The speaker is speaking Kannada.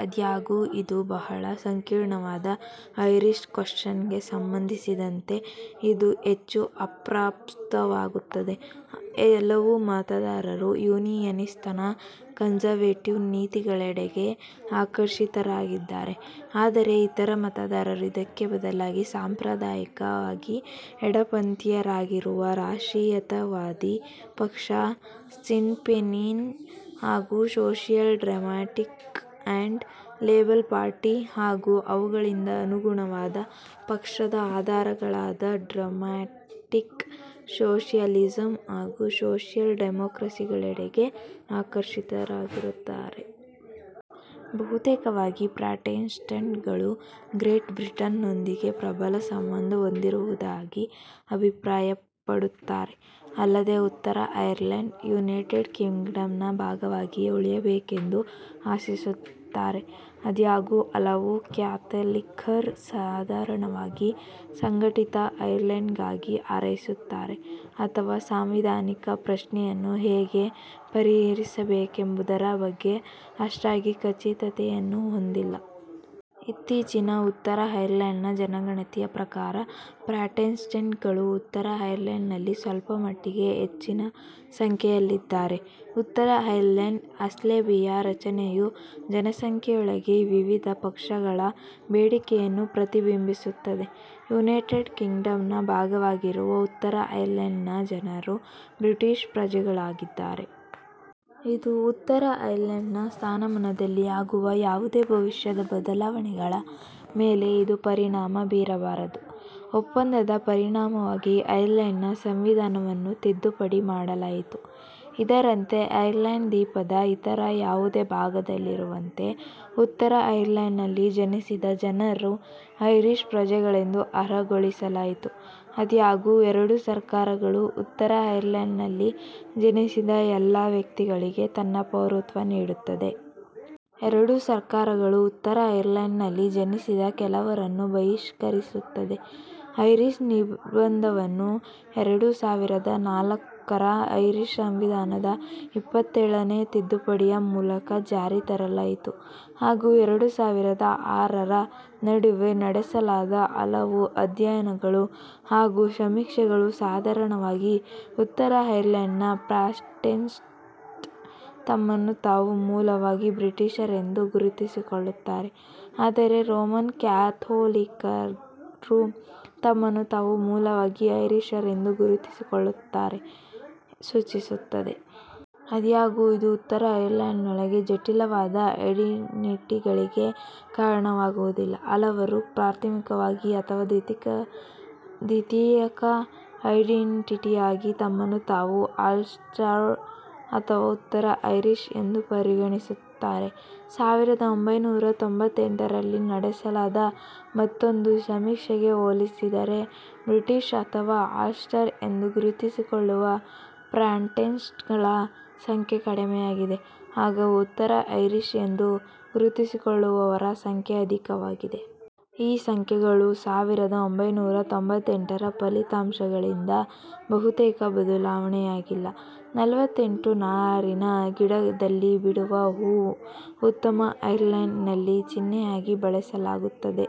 ಆದಾಗ್ಯೂ ಇದು, ಬಹಳ ಸಂಕೀರ್ಣವಾದ ಐರಿಶ್ ಕೊಶ್ಚನ್ ಗೆ ಸಂಬಂಧಿಸಿದಂತೆ ಇದು ಹೆಚ್ಚು ಅಪ್ರಸ್ತುತವಾಗುತ್ತದೆ. ಹಲವು ಮತದಾರರು ಯೂನಿಯನಿಸಂನ ಕನ್ಸರ್ವೇಟಿವ್ ನೀತಿಗಳೆಡೆಗೆ ಆಕರ್ಷಿತರಾಗಿದ್ದಾರೆ, ಆದರೆ ಇತರ ಮತದಾರರು ಇದಕ್ಕೆ ಬದಲಾಗಿ ಸಾಂಪ್ರದಾಯಿಕವಾಗಿ ಎಡಪಂಥೀಯರಾಗಿರುವ, ರಾಷ್ಟ್ರೀಯತಾವಾದಿ ಪಕ್ಷ ಸಿನ್ನ್ ಫೆಯಿನ್ ಹಾಗು social democratic and labour party ಹಾಗು ಅವುಗಳಿಗೆ ಅನುಗುಣವಾದ ಪಕ್ಷದ ಆಧಾರಗಳಾದ ಡೆಮೋಕ್ರ್ಯಾಟಿಕ್ ಸೋಷಿಯಲಿಸಂ ಹಾಗು ಸೋಶಿಯಲ್ ಡೆಮೋಕ್ರೆಸಿಗಳೆಡೆಗೆ ಆಕರ್ಷಿತರಾಗಿದ್ದಾರೆ. ಬಹುತೇಕವಾಗಿ, ಪ್ರಾಟೆಸ್ಟೆಂಟ್ ಗಳು ಗ್ರೇಟ್ ಬ್ರಿಟನ್ ನೊಂದಿಗೆ ಪ್ರಬಲ ಸಂಬಂಧ ಹೊಂದಿರುವುದಾಗಿ ಅಭಿಪ್ರಾಯಪಡುತ್ತಾರೆ. ಅಲ್ಲದೇ ಉತ್ತರ ಐರ್ಲೆಂಡ್, ಯುನೈಟೆಡ್ ಕಿಂಗ್ಡಮ್ ನ ಭಾಗವಾಗಿಯೇ ಉಳಿಯಬೇಕೆಂದು ಆಶಿಸುತ್ತಾರೆ. ಆದಾಗ್ಯೂ ಹಲವು ಕ್ಯಾಥೋಲಿಕ್ಕರು, ಸಾಧಾರಣವಾಗಿ ಸಂಘಟಿತ ಐರ್ಲೆಂಡ್ ಗಾಗಿ ಹಾರೈಸುತ್ತಾರೆ ಅಥವಾ ಸಾಂವಿಧಾನಿಕ ಪ್ರಶ್ನೆಯನ್ನು ಹೇಗೆ ಪರಿಹರಿಸಬೇಕೆಂಬುದರ ಬಗ್ಗೆ ಅಷ್ಟಾಗಿ ಖಚಿತತೆಯನ್ನು ಹೊಂದಿಲ್ಲ. ಇತ್ತೀಚಿನ ಉತ್ತರ ಐರ್ಲೆಂಡ್ ನ ಜನಗಣತಿಯ ಪ್ರಕಾರ ಪ್ರಾಟೆಸ್ಟೆಂಟ್ ಗಳು ಉತ್ತರ ಐರ್ಲೆಂಡ್ ನಲ್ಲಿ ಸ್ವಲ್ಪ ಮಟ್ಟಿಗೆ ಹೆಚ್ಚಿನ ಸಂಖ್ಯೆಯಲ್ಲಿದ್ದಾರೆ। ಉತ್ತರ ಐರ್ಲೆಂಡ್ ಅಸೆಂಬ್ಲಿಯ ರಚನೆಯು ಜನಸಂಖ್ಯೆಯೊಳಗೆ ವಿವಿಧ ಪಕ್ಷಗಳ ಬೇಡಿಕೆಯನ್ನು ಪ್ರತಿಬಿಂಬಿಸುತ್ತದೆ. ಯುನೈಟೆಡ್ ಕಿಂಗ್ಡಮ್ ನ ಭಾಗವಾಗಿರುವ ಉತ್ತರ ಐರ್ಲೆಂಡ್ ನ ಜನರು ಬ್ರಿಟಿಶ್ ಪ್ರಜೆಗಳಾಗಿದ್ದಾರೆ. ಇದು ಉತ್ತರ ಐರ್ಲೆಂಡ್ ನ ಸ್ಥಾನಮಾನದಲ್ಲಿ ಆಗುವ ಯಾವುದೇ ಭವಿಷ್ಯದ ಬದಲಾವಣೆಗಳ ಮೇಲೆ ಇದು ಪರಿಣಾಮ ಬೀರಬಾರದು. ಒಪ್ಪಂದದ ಪರಿಣಾಮವಾಗಿ, ಐರ್ಲೆಂಡ್ ನ ಸಂವಿಧಾನವನ್ನು ತಿದ್ದುಪಡಿ ಮಾಡಲಾಯಿತು, ಇದರಂತೆ, ಐರ್ಲೆಂಡ್ ದ್ವೀಪದ ಇತರ ಯಾವುದೇ ಭಾಗದಲ್ಲಿರುವಂತೆ ಉತ್ತರ ಐರ್ಲೆಂಡ್ ನಲ್ಲಿ ಜನಿಸಿದ ಜನರು ಐರಿಶ್ ಪ್ರಜೆಗಳೆಂದು ಅರ್ಹಗೊಳಿಸಲಾಯಿತು ಆದಾಗ್ಯೂ, ಎರಡೂ ಸರ್ಕಾರಗಳು, ಉತ್ತರ ಐರ್ಲೆಂಡ್ ನಲ್ಲಿ ಜನಿಸಿದ ಎಲ್ಲ ವ್ಯಕ್ತಿಗಳಿಗೆ ತನ್ನ ಪೌರತ್ವ ನೀಡುತ್ತದೆ। ಎರಡೂ ಸರ್ಕಾರಗಳು ಉತ್ತರ ಐರ್ಲೆಂಡ್ ನಲ್ಲಿ ಜನಿಸಿದ ಕೆಲವರನ್ನು ಬಹಿಷ್ಕರಿಸುತ್ತದೆ. ಐರಿಶ್ ನಿರ್ಬಂಧವನ್ನು ಎರಡು ಸಾವಿರದ ನಾಲ್ಕರ ಐರಿಶ್ ಸಂವಿಧಾನದ ಇಪ್ಪತ್ತೇಳನೆ ತಿದ್ದುಪಡಿಯ ಮೂಲಕ ಜಾರಿಗೆ ತರಲಾಯಿತು। ಹಾಗು ಎರಡು ಸಾವಿರದ ಆರರ ನಡುವೆ ನಡೆಸಲಾದ ಹಲವಾರು ಅಧ್ಯಯನಗಳು ಹಾಗು ಸಮೀಕ್ಷೆಗಳು, ಸಾಧಾರಣವಾಗಿ, ಉತ್ತರ ಐರ್ಲೆಂಡ್ ನ ಪ್ರಾಟೆಸ್ಟೆಂಟ್ ತಮ್ಮನ್ನು ತಾವು ಮೂಲವಾಗಿ 'ಬ್ರಿಟಿಷರೆಂದು' ಗುರುತಿಸಿಕೊಳ್ಳುತ್ತಾರೆ, ಆದರೆ ರೋಮನ್ ಕ್ಯಾಥೋಲಿಕ್ಕರು ತಮ್ಮನ್ನು ತಾವು ಮೂಲವಾಗಿ 'ಐರಿಶರೆಂದು' ಗುರುತಿಸಿಕೊಳ್ಳುತ್ತಾರೆಂದು ಸೂಚಿಸುತ್ತದೆ. ಆದಾಗ್ಯೂ, ಇದು ಉತ್ತರ ಐರ್ಲೆಂಡ್ ನೊಳಗೆ ಜಟಿಲವಾದ ಐಡೆನ್ಟಿಟಿಗಳಿಗೆ ಕಾರಣವಾಗುವುದಿಲ್ಲ, ಹಲವರು ಪ್ರಾಥಮಿಕವಾಗಿ, ಅಥವಾ ದ್ವಿತೀಯಕ ಐಡೆನ್ಟಿಟಿಯಾಗಿ ತಮ್ಮನ್ನು ತಾವು "ಅಲ್ಸ್ಟರ್" ಅಥವಾ "ಉತ್ತರ ಐರಿಶ್" ಎಂದು ಪರಿಗಣಿಸುತ್ತಾರೆ. ಸಾವಿರದ ಒಂಭೈನೂರ ತೊಂಬತ್ತೆಂಟರಲ್ಲಿ ನಡೆಸಲಾದ ಮತ್ತೊಂದು ಸಮೀಕ್ಷೆಗೆ ಹೋಲಿಸಿದರೆ, ಬ್ರಿಟಿಶ್ ಅಥವಾ ಅಲ್ಸ್ಟರ್ ಎಂದು ಗುರುತಿಸಿಕೊಳ್ಳುವ ಪ್ರಾಟೆಸ್ಟೆಂಟ್ ಗಳ ಸಂಖ್ಯೆ ಕಡಿಮೆಯಾಗಿದೆ; ಹಾಗು ಉತ್ತರ ಐರಿಶ್ ಎಂದು ಗುರುತಿಸಿಕೊಳ್ಳುವವರ ಸಂಖ್ಯೆ ಅಧಿಕವಾಗಿದೆ. ಈ ಸಂಖ್ಯೆಗಳು ಸಾವಿರದ ಒಂಭೈನೂರ ತೊಂಬತ್ತೆಂಟರ ಫಲಿತಾಂಶಗಳಿಂದಲೂ ಬಹುತೇಕ ಬದಲಾವಣೆಯಾಗಿಲ್ಲ. ನಲವತ್ತೆಂಟು ನಾರಿನ ಗಿಡದಲ್ಲಿ ಬಿಡುವ ಹೂವು ಉತ್ತರ ಐರ್ಲೆಂಡ್ ನಲ್ಲಿ ಚಿಹ್ನೆಯಾಗಿ ಬಳಸಲಾಗುತ್ತದೆ.